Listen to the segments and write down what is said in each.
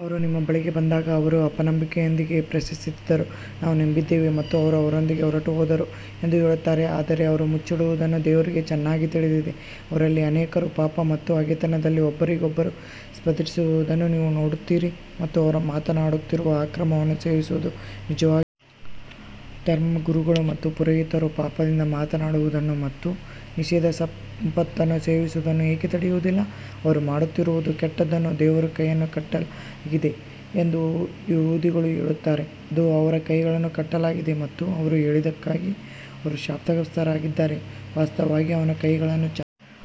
ಅವರು ನಿಮ್ಮ ಬಳಿಗೆ ಬಂದಾಗ ಅವರು ಅಪನಂಬಿಕೆಯೊಂದಿಗೆ ಪ್ರವೇಶಿಸಿದ್ದರೂ ನಾವು ನಂಬಿದ್ದೇವೆ ಮತ್ತು ಅವರು ಅದರೊಂದಿಗೆ ಹೊರಟುಹೋದರು ಎಂದು ಹೇಳುತ್ತಾರೆ ಆದರೆ ಅವರು ಮುಚ್ಚಿಡುವುದನ್ನು ದೇವರಿಗೆ ಚೆನ್ನಾಗಿ ತಿಳಿದಿದೆ. ಅವರಲ್ಲಿ ಅನೇಕರು ಪಾಪ ಮತ್ತು ಹಗೆತನದಲ್ಲಿ ಒಬ್ಬರಿಗೊಬ್ಬರು ಸ್ಪರ್ಧಿಸುವುದನ್ನು ನೀವು ನೋಡುತ್ತೀರಿ ಮತ್ತು ಅವರು ಮಾಡುತ್ತಿರುವ ಅಕ್ರಮವನ್ನು ಸೇವಿಸುವುದು ನಿಜವಾಗಿ ಧರ್ಮಗುರುಗಳು ಮತ್ತು ಪುರೋಹಿತರು ಪಾಪದಿಂದ ಮಾತನಾಡುವುದನ್ನು ಮತ್ತು ನಿಷೇಧಿತ ಸಂಪತ್ತನ್ನು ಸೇವಿಸುವುದನ್ನು ಏಕೆ ತಡೆಯುವುದಿಲ್ಲ, ಅವರು ಮಾಡುತ್ತಿರುವುದು ಕೆಟ್ಟದ್ದನ್ನು ದೇವರ ಕೈಯನ್ನು ಕಟ್ಟಲಾಗಿದೆ ಎಂದು ಯಹೂದಿಗಳು ಹೇಳುತ್ತಾರೆ, ಅದು ಅವರ ಕೈಗಳನ್ನು ಕಟ್ಟಲಾಗಿದೆ ಮತ್ತು ಅವರು ಹೇಳಿದ್ದಕ್ಕಾಗಿ ಅವರು ಶಾಪಗ್ರಸ್ತರಾಗಿದ್ದಾರೆ ವಾಸ್ತವವಾಗಿ ಅವನ ಕೈಗಳನ್ನು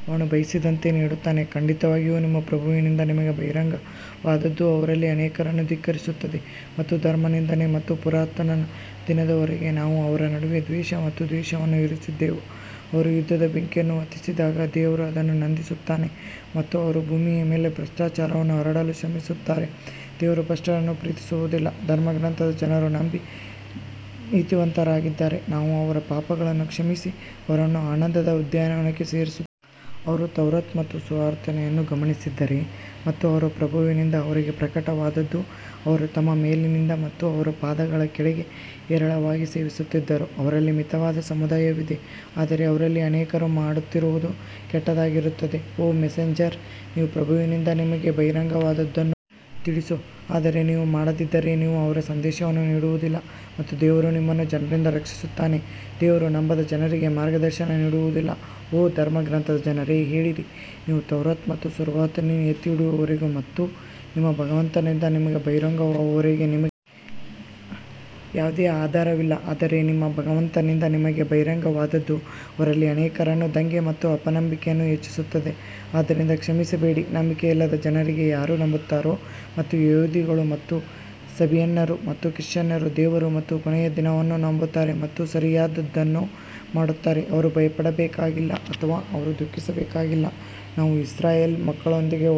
ಅವನು ಬಯಸಿದಂತೆ ನೀಡುತ್ತಾನೆ, ಖಂಡಿತವಾಗಿಯೂ ನಿಮ್ಮ ಪ್ರಭುವಿನಿಂದ ನಿಮಗೆ ಬಹಿರಂಗವಾದದ್ದು ಅವರಲ್ಲಿ ಅನೇಕರನ್ನು ಧಿಕ್ಕರಿಸುತ್ತದೆ ಮತ್ತು ಧರ್ಮನಿಂದನೆ ಮತ್ತು ಪುನರುತ್ಥಾನದ ದಿನದವರೆಗೆ ನಾವು ಅವರ ನಡುವೆ ದ್ವೇಷ ಮತ್ತು ದ್ವೇಷವನ್ನು ಇರಿಸಿದ್ದೇವೆ ಅವರು ಯುದ್ಧದ ಬೆಂಕಿಯನ್ನು ಹೊತ್ತಿಸಿದಾಗ ದೇವರು ಅದನ್ನು ನಂದಿಸುತ್ತಾನೆ ಮತ್ತು ಅವರು ಭೂಮಿಯ ಮೇಲೆ ಭ್ರಷ್ಟಾಚಾರವನ್ನು ಹರಡಲು ಶ್ರಮಿಸುತ್ತಾರೆ ದೇವರು ಭ್ರಷ್ಟರನ್ನು ಪ್ರೀತಿಸುವುದಿಲ್ಲ ಧರ್ಮಗ್ರಂಥದ ಜನರು ನಂಬಿ ನೀತಿವಂತರಾಗಿದ್ದರೆ ನಾವು ಅವರ ಪಾಪಗಳನ್ನು ಕ್ಷಮಿಸಿ ಅವರನ್ನು ಆನಂದದ ಉದ್ಯಾನವನಕ್ಕೆ ಸೇರಿಸು ಅವರು ತೌರಾತ್ ಮತ್ತು ಸುವಾರ್ತೆಯನ್ನು ಗಮನಿಸಿದ್ದರೆ ಮತ್ತು ಅವರ ಪ್ರಭುವಿನಿಂದ ಅವರಿಗೆ ಪ್ರಕಟವಾದದ್ದನ್ನು ಅವರು ತಮ್ಮ ಮೇಲಿನಿಂದ ಮತ್ತು ಅವರ ಪಾದಗಳ ಕೆಳಗೆ ಹೇರಳವಾಗಿ ಸೇವಿಸುತ್ತಿದ್ದರು ಅವರಲ್ಲಿ ಮಿತವಾದ ಸಮುದಾಯವಿದೆ ಆದರೆ ಅವರಲ್ಲಿ ಅನೇಕರು ಮಾಡುತ್ತಿರುವುದು ಕೆಟ್ಟದ್ದಾಗಿರುತ್ತದೆ. ಓ ಮೆಸೆಂಜರ್, ನಿಮ್ಮ ಪ್ರಭುವಿನಿಂದ ನಿಮಗೆ ಬಹಿರಂಗವಾದದ್ದನ್ನು ತಿಳಿಸು ಆದರೆ ನೀವು ಮಾಡದಿದ್ದರೆ ನೀವು ಅವರ ಸಂದೇಶವನ್ನು ನೀಡುವುದಿಲ್ಲ ಮತ್ತು ದೇವರು ನಿಮ್ಮನ್ನು ಜನರಿಂದ ರಕ್ಷಿಸುತ್ತಾನೆ, ದೇವರು ನಂಬದ ಜನರಿಗೆ ಮಾರ್ಗದರ್ಶನ ನೀಡುವುದಿಲ್ಲ ಓ ಧರ್ಮಗ್ರಂಥದ ಜನರೇ ಹೇಳಿರಿ, ನೀವು ತೌರಾತ್ ಮತ್ತು ಸುವಾರ್ತೆಯನ್ನು ಎತ್ತಿಹಿಡಿಯುವವರೆಗೆ ಮತ್ತು ನಿಮ್ಮ ಭಗವಂತನಿಂದ ನಿಮಗೆ ಬಹಿರಂಗವಾಗುವವರೆಗೆ ನಿಮಗೆ ಯಾವುದೇ ಆಧಾರವಿಲ್ಲ ಆದರೆ ನಿಮ್ಮ ಭಗವಂತನಿಂದ ನಿಮಗೆ ಬಹಿರಂಗವಾದದ್ದು ಅವರಲ್ಲಿ ಅನೇಕರನ್ನು ದಂಗೆ ಮತ್ತು ಅಪನಂಬಿಕೆಯನ್ನು ಹೆಚ್ಚಿಸುತ್ತದೆ ಆದ್ದರಿಂದ ಕ್ಷಮಿಸಬೇಡಿ ನಂಬಿಕೆಯಿಲ್ಲದ ಜನರಿಗೆ ಯಾರು ನಂಬುತ್ತಾರೆ ಮತ್ತು ಯಹೂದಿಗಳು ಮತ್ತು ಸಬಿಯನ್ನರು ಮತ್ತು ಕ್ರಿಶ್ಚಿಯನ್ನರು ದೇವರು ಮತ್ತು ಕೊನೆಯ ದಿನವನ್ನು ನಂಬುತ್ತಾರೆ ಮತ್ತು ಸರಿಯಾದದ್ದನ್ನು ಮಾಡುತ್ತಾರೆ, ಅವರು ಭಯಪಡಬೇಕಾಗಿಲ್ಲ ಅಥವಾ ಅವರು ದುಃಖಿಸಬೇಕಾಗಿಲ್ಲ ನಾವು ಇಸ್ರಾಯೇಲ್ ಮಕ್ಕಳೊಂದಿಗೆ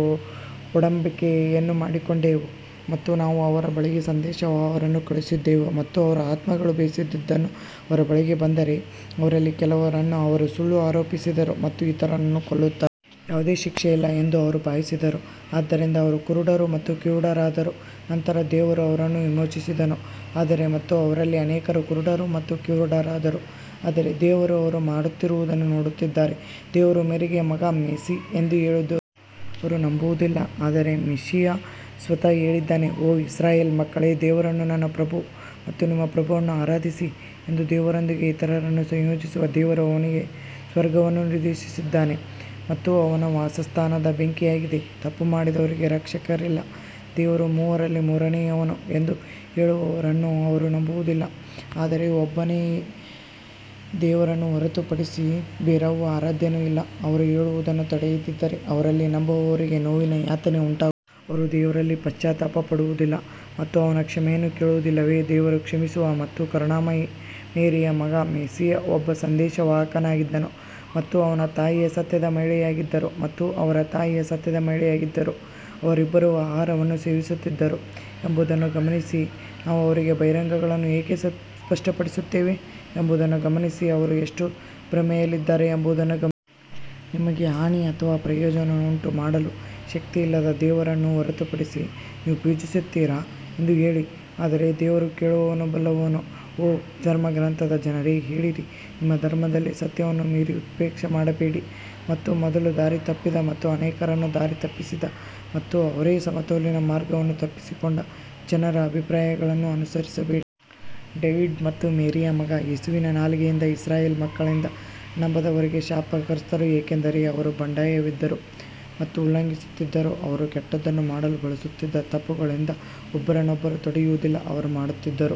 ಒಡಂಬಡಿಕೆಯನ್ನು ಮಾಡಿಕೊಂಡೆವು ಮತ್ತು ನಾವು ಅವರ ಬಳಿಗೆ ಸಂದೇಶವಾಹಕರನ್ನು ಕಳುಹಿಸಿದ್ದೇವೆ ಮತ್ತು ಅವರ ಆತ್ಮಗಳು ಬಯಸದಿದ್ದನ್ನು ಅವರ ಬಳಿಗೆ ಬಂದರೆ, ಅವರಲ್ಲಿ ಕೆಲವರನ್ನು ಅವರು ಸುಳ್ಳು ಆರೋಪಿಸಿದರು ಮತ್ತು ಇತರರನ್ನು ಕೊಲ್ಲುತ್ತಾರೆ. ಯಾವುದೇ ಶಿಕ್ಷೆ ಇಲ್ಲ ಎಂದು ಅವರು ಭಾವಿಸಿದರು ಆದ್ದರಿಂದ ಅವರು ಕುರುಡರು ಮತ್ತು ಕಿವುಡರಾದರು ನಂತರ ದೇವರು ಅವರನ್ನು ವಿಮೋಚಿಸಿದನು ಆದರೆ ಮತ್ತೆ ಅವರಲ್ಲಿ ಅನೇಕರು ಕುರುಡರು ಮತ್ತು ಕಿವುಡರಾದರು ಆದರೆ ದೇವರು ಅವರು ಮಾಡುತ್ತಿರುವುದನ್ನು ನೋಡುತ್ತಿದ್ದಾರೆ ದೇವರು ಮೇರಿಯ ಮಗ ಮೆಸ್ಸಿಹ್ ಎಂದು ಹೇಳುವುದು ಅವರು ನಂಬುವುದಿಲ್ಲ ಆದರೆ ಮೆಸ್ಸಿಹ್ ಸ್ವತಃ ಹೇಳಿದ್ದಾನೆ ಓ ಇಸ್ರಾಯೇಲ್ ಮಕ್ಕಳೇ ದೇವರನ್ನು ನನ್ನ ಪ್ರಭು ಮತ್ತು ನಿಮ್ಮ ಪ್ರಭುವನ್ನು ಆರಾಧಿಸಿ ಎಂದು ದೇವರೊಂದಿಗೆ ಇತರರನ್ನು ಸಂಯೋಜಿಸುವ ದೇವರು ಅವನಿಗೆ ಸ್ವರ್ಗವನ್ನು ನಿಷೇಧಿಸಿದ್ದಾನೆ ಮತ್ತು ಅವನ ವಾಸಸ್ಥಾನವು ಬೆಂಕಿಯಾಗಿದೆ ತಪ್ಪು ಮಾಡಿದವರಿಗೆ ರಕ್ಷಕರಿಲ್ಲ ದೇವರು ಮೂವರಲ್ಲಿ ಮೂರನೆಯವನು ಎಂದು ಹೇಳುವವರನ್ನು ಅವರು ನಂಬುವುದಿಲ್ಲ ಆದರೆ ಒಬ್ಬನೇ ದೇವರನ್ನು ಹೊರತುಪಡಿಸಿ ಬೇರಾವ ಆರಾಧ್ಯನೂ ಇಲ್ಲ, ಅವರು ಹೇಳುವುದನ್ನು ತಡೆಯದಿದ್ದರೆ ಅವರಲ್ಲಿ ನಂಬದವರಿಗೆ ನೋವಿನ ಯಾತನೆ ಉಂಟಾ ಅವರು ದೇವರಲ್ಲಿ ಪಶ್ಚಾತ್ತಾಪ ಪಡುವುದಿಲ್ಲ ಮತ್ತು ಅವನ ಕ್ಷಮೆಯನ್ನು ಕೇಳುವುದಿಲ್ಲವೇ ದೇವರು ಕ್ಷಮಿಸುವ ಮತ್ತು ಕರುಣಾಮಯಿ ಮೇರಿಯ ಮಗ ಮೆಸ್ಸಿಹ್ ಒಬ್ಬ ಸಂದೇಶವಾಹಕನಾಗಿದ್ದನು ಮತ್ತು ಅವನ ತಾಯಿಯು ಸತ್ಯದ ಮಹಿಳೆಯಾಗಿದ್ದರು ಮತ್ತು ಅವರ ತಾಯಿಯು ಸತ್ಯದ ಮಹಿಳೆಯಾಗಿದ್ದರು ಅವರಿಬ್ಬರೂ ಆಹಾರವನ್ನು ಸೇವಿಸುತ್ತಿದ್ದರು ಎಂಬುದನ್ನು ಗಮನಿಸಿ ನಾವು ಅವರಿಗೆ ಬಹಿರಂಗಗಳನ್ನು ಹೇಗೆ ಸ್ಪಷ್ಟಪಡಿಸುತ್ತೇವೆ ಎಂಬುದನ್ನು ಗಮನಿಸಿ ಅವರು ಎಷ್ಟು ಭ್ರಮೆಯಲ್ಲಿದ್ದಾರೆ ಎಂಬುದನ್ನು ಗಮನಿಸಿ. ನಿಮಗೆ ಹಾನಿ ಅಥವಾ ಪ್ರಯೋಜನವನ್ನುಂಟುಮಾಡಲು ಶಕ್ತಿಯಿಲ್ಲದ ದೇವರನ್ನು ಹೊರತುಪಡಿಸಿ ನೀವು ಪೂಜಿಸುತ್ತೀರಾ ಎಂದು ಹೇಳಿ ಆದರೆ ದೇವರು ಕೇಳುವವನು ಬಲ್ಲವನು ಓ ಧರ್ಮಗ್ರಂಥದ ಜನರೇ ಹೇಳಿರಿ, ನಿಮ್ಮ ಧರ್ಮದಲ್ಲಿ ಸತ್ಯವನ್ನು ಮೀರಿ ಉತ್ಪ್ರೇಕ್ಷೆ ಮಾಡಬೇಡಿ ಮತ್ತು ಮೊದಲು ದಾರಿತಪ್ಪಿದ ಮತ್ತು ಅನೇಕರನ್ನು ದಾರಿತಪ್ಪಿಸಿದ ಮತ್ತು ಅವರೇ ಸಮತೋಲಿತ ಮಾರ್ಗವನ್ನು ತಪ್ಪಿಸಿಕೊಂಡ ಜನರ ಅಭಿಪ್ರಾಯಗಳನ್ನು ಅನುಸರಿಸಬೇಡಿ. ಡೇವಿಡ್ ಮತ್ತು ಮೇರಿಯ ಮಗ ಯೇಸುವಿನ ನಾಲಿಗೆಯಿಂದ ಇಸ್ರಾಯೇಲ್ ಮಕ್ಕಳಿಂದ ನಂಬದವರಿಗೆ ಶಾಪಗ್ರಸ್ತರು, ಏಕೆಂದರೆ ಅವರು ಬಂಡಾಯವೆದ್ದರು ಮತ್ತು ಉಲ್ಲಂಘಿಸುತ್ತಿದ್ದರು ಅವರು ಕೆಟ್ಟದ್ದನ್ನು ಮಾಡಲು ಬಳಸುತ್ತಿದ್ದ ತಪ್ಪುಗಳಿಂದ ಒಬ್ಬರನ್ನೊಬ್ಬರು ತಡೆಯುವುದಿಲ್ಲ, ಅವರು ಮಾಡುತ್ತಿದ್ದರು.